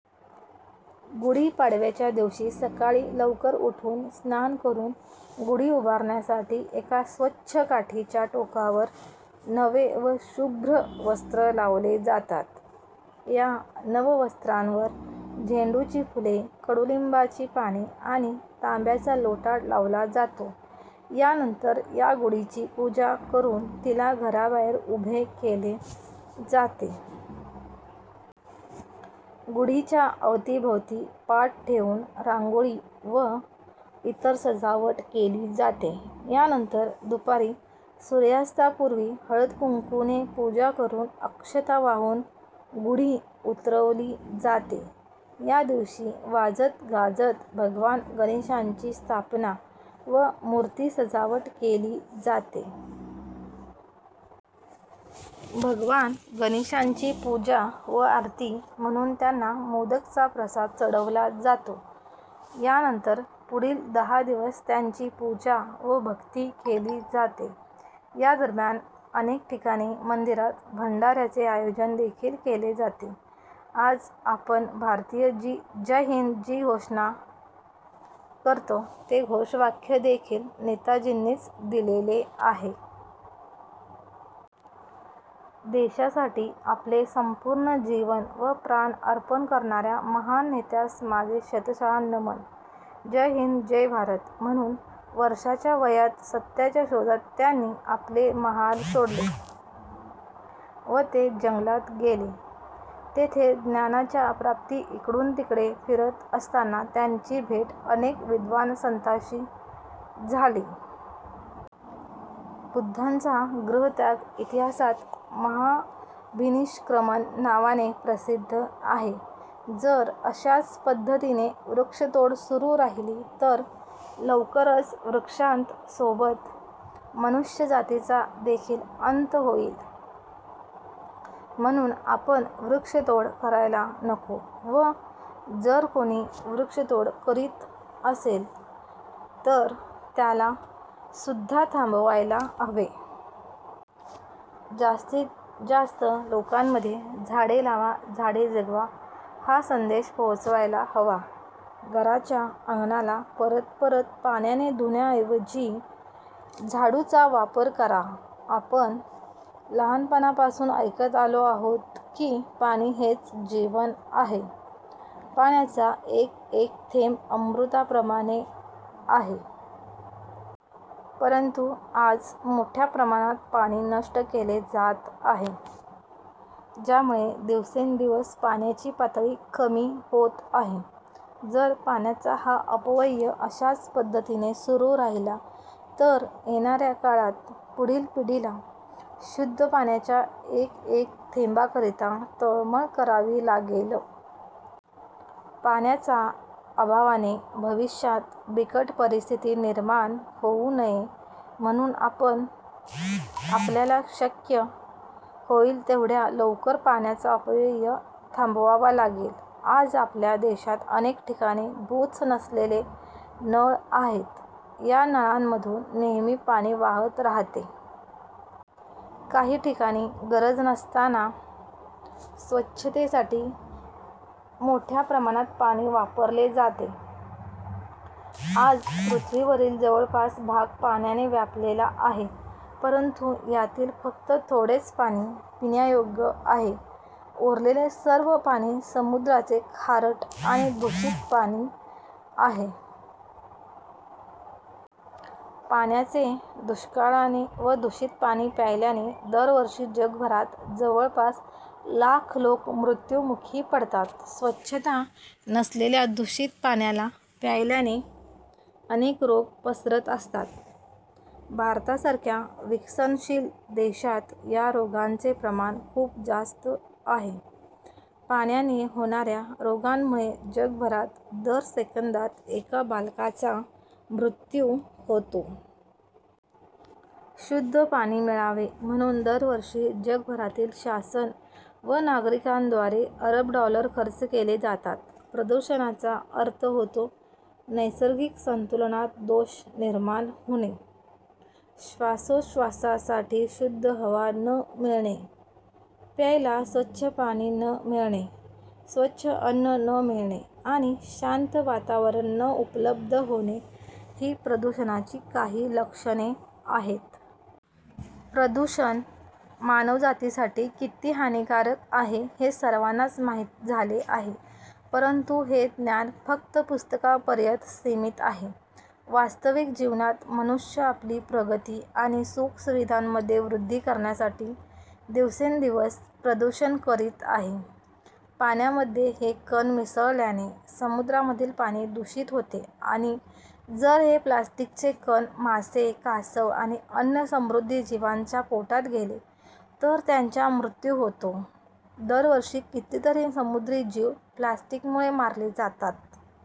गुढी पाडव्याच्या दिवशी सकाळी लवकर उठून, स्नान करून गुढी उभारण्यासाठी एका स्वच्छ काठीच्या टोकावर नवे व शुभ्र वस्त्र लावले जातात. या नव वस्त्रांवर झेंडूची फुले, कडूलिंबाचे पाने आणि तांब्याचा लोटा लावला जातो. या नंतर या गुढीची पूजा करून तिला घराबाहेर उभे केले जाते. गुढीच्या अवतीभवती पाट ठेवून रांगोळी व इतर सजावट केली जाते. यानंतर दुपारी सूर्यास्तापूर्वी हळद-कुंकू ने पूजा करून अक्षता वाहून गुढी उतरवली जाते. या दिवशी वाजत गाजत भगवान गणेशांची स्थापना व मूर्ती सजावट केली जाते. भगवान गणेशांची पूजा व आरती म्हणून त्यांना मोदक चा प्रसाद चढवला जातो. यानंतर पुढील दहा दिवस त्यांची पूजा व भक्ती केली जाते. यादरम्यान अनेक ठिकाणी मंदिरात भंडाऱ्याचे आयोजन देखील केले जाते. आज आपण भारतीय जी जय हिन्द ची घोषणा करतो, ते घोषवाक्य देखील नेताजींनीच दिलेले आहे. देशासाठी आपले संपूर्ण जीवन व प्राण अर्पण करणाऱ्या महान नेत्यास माझे शतश नमन..! जय हिंद जय भारत. म्हणून वर्षाच्या वयात सत्याच्या शोधात त्यांनी आपले महाल सोडले व ते जंगलात गेले. तेथे ज्ञानाच्या प्राप्ती इकडून तिकडे फिरत असताना त्यांची भेट अनेक विद्वान संतांशी झाली. बुद्धांचा गृहत्याग इतिहासात 'महाभिनिशक्रमन' नावाने प्रसिद्ध आहे. जर अश्याच पद्धतीने वृक्षतोड सुरू राहिली तर लवकरच वृक्षांत सोबत मनुष्यजातीचा देखील अंत होईल. म्हणून आपण वृक्षतोड करायला नको व जर कोणी वृक्षतोड करीत असेल तर त्याला सुद्धा थांबायला हवे. जास्तीत जास्त लोकांमध्ये झाडे लावा झाडे जगवा हा संदेश पोहोचवायला हवा. घराच्या अंगणाला परत परत पाण्याने धुण्याऐवजी झाडू चा वापर करा. आपण लहानपणापासून ऐकत आलो आहोत की, पाणी हेच जीवन आहे. पाण्याचा एक एक थेंब अमृताप्रमाने आहे. परंतु आज मोठ्या प्रमाणात पाणी नष्ट केले जात आहे, ज्यामुळे दिवसेंदिवस पाण्याची पातळी कमी होत आहे. जर पाण्याचा हा अपव्यय अशाच पद्धतीने सुरू राहिला तर येणाऱ्या काळात, पुढील पिढीला शुद्ध पाण्याच्या एक एक थेंबाकरीता तळमळ करावी लागेल. पाण्याचा अभावाने भविष्यात बिकट परिस्थिती निर्माण होऊ नये म्हणून आपल्याला शक्य होईल तेवढ्या लवकर पाण्याचा अपव्यय थांबवावा लागेल. आज आपल्या देशात अनेक ठिकाणी बुच नसलेले नळ आहेत. या नळांमधून नेहमी पाणी वाहत राहते. काही ठिकाणी गरज नसतांना स्वच्छतेसाठी मोठ्या प्रमाणात पाणी वापरले जाते. आज पृथ्वीवरील जवळपास भाग पाण्याने व्यापलेला आहे. परंतु यातील फक्त थोडेच पाणी पिण्यायोग्य आहे. उरलेले सर्व पाणी समुद्राचे खारट आणि दूषित पाणी आहे. पाण्याचे दुष्काळाने व दूषित पाणी प्यायल्याने दरवर्षी जगभरात जवळपास लाख लोक मृत्यू मुखी पडतात. स्वच्छता नसलेल्या दूषित पाण्याला प्यायल्याने अनेक रोग पसरत असतात. भारतासारख्या विकसनशील देशात या रोगांचे प्रमाण खूप जास्त आहे. पाण्याने होणाऱ्या रोगांमुळे जगभरात दर सेकंदात एका बालकाचा मृत्यू होतो. शुद्ध पाणी मिळावे म्हणून दरवर्षी जगभरातील शासन व नगरिकांद्वारे अरब डॉलर खर्च केले जातात. प्रदूषणाचा अर्थ होतो नैसर्गिक संतुलनात दोष निर्माण होणे. श्वासो श्र्वसासाठी शुद्ध हवा न मिळणे, प्यायला स्वच्छ पाणी न मिळणे, स्वच्छ अन्न न मिळणे आणि शांत वातावरण न उपलब्ध होणे ही प्रदूषणाची काही लक्षणे आहेत. प्रदूषण मानवजातीसाठी किती हानिकारक आहे हे सर्वानाच माहीत झाले आहे. परंतु हे ज्ञान फक्त पुस्तकापर्यंत सीमित आहे. वास्तविक जीवनात मनुष्य आपली प्रगती आणि सुख सुविधामध्ये वृद्धी करण्यासाठी दिवसेंदिवस प्रदूषण करीत आहे. पाण्यामध्ये हे कण मिसळल्याने समुद्रामधील पाणी दूषित होते आणि जर हे प्लास्टिक चे कण मासे, कासव आणि अन्य समृद्धी जीवांचा पोटात गेले तर त्यांच्या मृत्यू होतो. दरवर्षी कितीतरी समुद्री जीव प्लास्टिकमुळे मारले जातात.